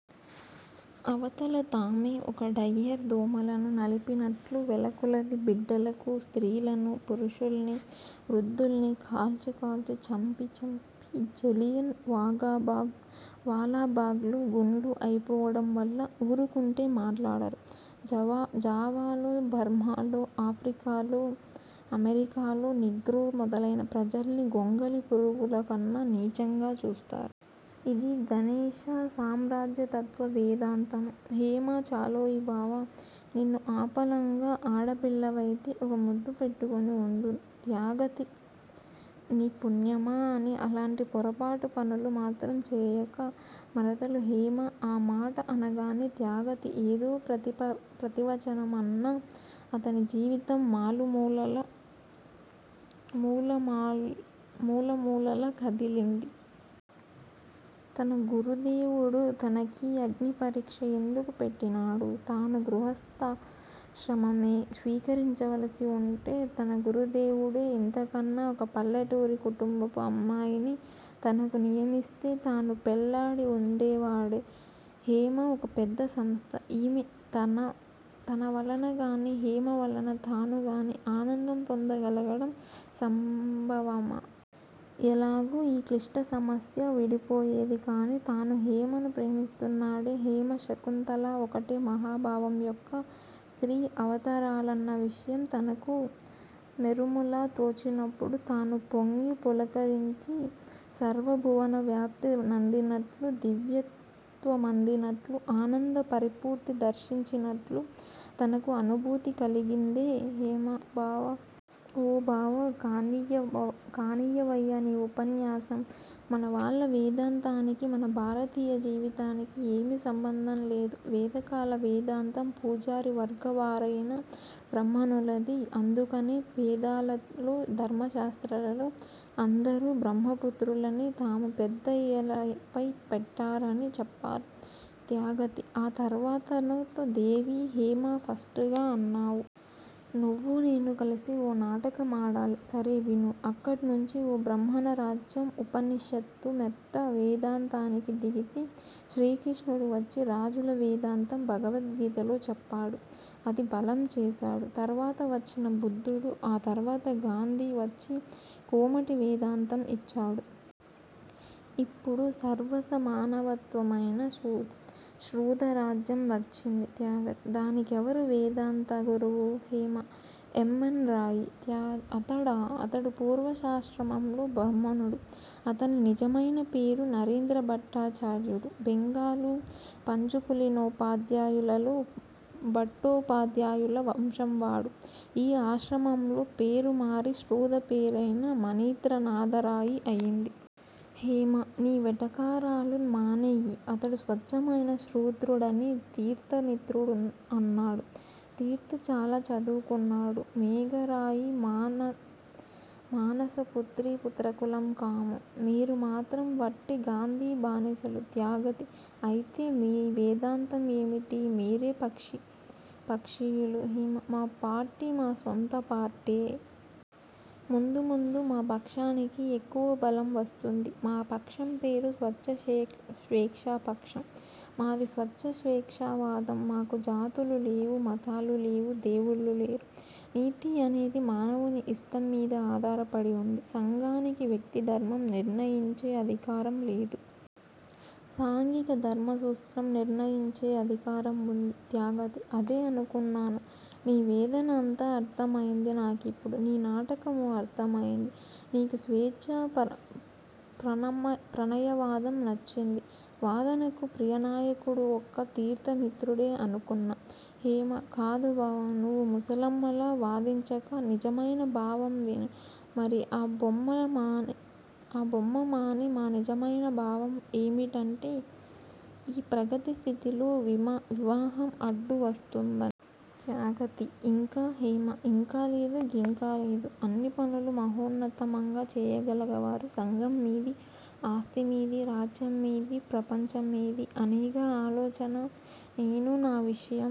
అవతల తామే ఓ డయ్యర్ దోమలను నలిపినట్లు వేలకొలది బిడ్డలకూ, స్త్రీలనూ, పురుషుల్నీ, వృద్దుల్నీ కాల్చి కాల్చి, చంపి చంపి, జలియన్ వాలాబాగ్ లో గుండ్లు అయిపోవడం వల్ల ఊరుకుంటే మాట్లాడరు. జావాలో, బర్మాలో, ఆఫ్రికాలో, అమెరికాలో నీగ్రో మొదలైన ప్రజల్ని గొంగళి పురుగుల కన్నా నీచంగా చూస్తారు. ఇది ధనేశ సామ్రాజ్యతత్వ వేదాంతము. హేమ చాలోయి బావా! నిన్ను ఆపళంగా ఆడపిల్లవైతే ఒక ముద్దు పెట్టుకొని వుందును. త్యాగతి నీ పుణ్యమా అని అలాంటి పొరపాటు పనులు మాత్రం చేయక. మరదలు హేమ ఆ మాట అనగానే త్యాగతి ఏదో ప్రతివచనం అన్నా, అతని జీవితం మూలమూలలా కదిలింది తన గురుదేవుడు తన కీ అగ్నిపరీక్ష యెందుకు పెట్టినాడు? తాను గృహస్తాశ్రమమే స్వీకరించవలసి వుంటే, తన గురుదేవుడే ఇంతకన్న ఒక పల్లెటూరి కుటుంబపు అమ్మాయిని తనకు నియమిస్తే, తాను పెళ్ళాడి వుందేవాడే! హేమ ఒక పెద్ద సంస్థ! ఈమె తనవలనగానీ, హేమ వలన తానుగానీ ఆనందం పొందగలగడం సంభవమా? ఎలాగు ఈ క్లిష్ట సమస్య విడిపోయేది? కాని తాను హేమను ప్రేమిస్తున్నాడే. హేమా, శకుంతలా ఒకటే మహాభావం యొక్క స్త్రీ అవతారాలన్న విషయం తనకు మెరుములా తోచినప్పుడు తాను పొంగి, పులకించి, సర్వభువనవ్యాప్తి నందినట్లు, దివ్యత్వమందినట్లు అనంద పరిపూర్తి దర్శించినట్లు తనకు అనుభూతి కలిగిందే! హేమ: బావా! ఓ బావా! కానియ్యవయ్యా నీ ఉపన్యాసం! మనవాళ్ళ వేదాంతానికి, మన భారతీయ జీవితానికీ ఏమీ సంబంధంలేదు వేదకాల వేదాంతం పూజారి వర్గంవారయిన బ్రాహ్మణులది. అందుకనే వేదాలలో, ధర్మశాస్త్రాలలో అందరూ బ్రహ్మపుత్రులనీ, తాము పెద్దన్నయ్యలై పేట్టారనీ చెప్పారు. త్యాగతి: ఆ తర్వాతనో దేవీ! హేమ ఫస్టుగా అన్నావు! నువ్వూ నేనూ కలసి ఓ నాటకం ఆడాలి. సరే విను. అక్కడినుంచి ఆ బ్రాహ్మణరాజ్యం ఉపనిషత్తు మెత్త వేదాంతానికి దిగితే. శ్రీకృష్ణుడు వచ్చి రాజుల వేదాంతం భగవద్గీతలో చెప్పాడు. అది బలం చేశాడు తర్వాత వచ్చిన బుద్ధుడు. ఆ తర్వాత గాంధీ వచ్చి కోమటి వేదాంతం ఇచ్చాడు. ఇప్పుడు సర్వసమానవత్వమైన శూద్రరాజ్యం వచ్చింది. త్యాగతి: దాని కెవరు వేదాంత గురువు? హేమ: ఎం. ఎన్. రాయి! త్యాగతి: అతడా! అతడు పూర్వాశ్రమంలో బ్రాహ్మణుడు! అతని నిజమైన పేరు నరేంద్రభట్టాచార్యుడు. బెంగాలు పంచుకులీనోపాద్యాయులలో భట్టోపాధ్యాయుల వంశంవాడు. ఈ ఆశ్రమంలో పేరు మారి శూద్ర పేరైన మణీంద్రనాధరాయి అయింది. హేమ: నీ వెటకారాలు మానెయ్యి. అతడు స్వచ్చమైన శూద్రుడని తీర్థమిత్రుడన్నాడు. తీర్థ్ చాలా చదువుకొన్నాడు. మేఘు రాయి మానస పుత్రీపుత్రకులం కాము. మీరు మాత్రం వట్టి గాంధీ బానిసలు. త్యాగతి: అయితే మీ వేదాంతం ఏమిటి? మీరే పక్షీయులు? హేమ: మా పార్టీ మా స్వంత పార్టే! ముందు ముందు మా పక్షానికి ఎక్కువబలం వస్తుంది మా పక్షం పేరు '' స్వచ్ఛ స్వేచ్ఛాపక్షం'' మాది స్వచ్ఛ స్వేచ్ఛావాదం! మాకు జాతులు లేవు, మతాలూ లేవు, దేవుళ్ళులేరు, నీతి అనేది మానవుని ఇస్టంమీద ఆధారపడి ఉంది. సంఘానికి వ్యక్తి ధర్మం నిర్ణయించే అధికారం లేదు. సాంఘీక ధర్మసూత్రం నిర్ణయించే అధికారం వుంది. త్యాగతి: అదే అనుకున్నాను. నీ వేదన అంతా అర్ధమయింది నాకిప్పుడు. నీ నాటకమూ అర్ధమయింది. నీకూ స్వేచ్ఛా ప్రణయవాదం నచ్చింది. వాదనకు ప్రియనాయకుడు ఒక్క తీర్ధమిత్రుడే అనుకున్నా! హేమ కాదు బావా, నువ్వు ముసలమ్మలా వాదించక, నిజమైన భావంవిను మరీ, ఆ బొమ్మమాని, మా నిజమైన భావం ఏమిటంటే-ఈ ప్రగతి స్థితిలో వివాహం అడ్డు వస్తుందని. త్యాగతి: ఇంకా! హేమ: ఇంకా లేదు గింకాలేదు! అన్ని పనులు మహోత్తమంగా చేయగలవారు సంఘం మీది, ఆస్తిమీది, రాజ్యం మీది, ప్రపంచం మీది, అనేగా ఆలోచన! నేను నా విషయం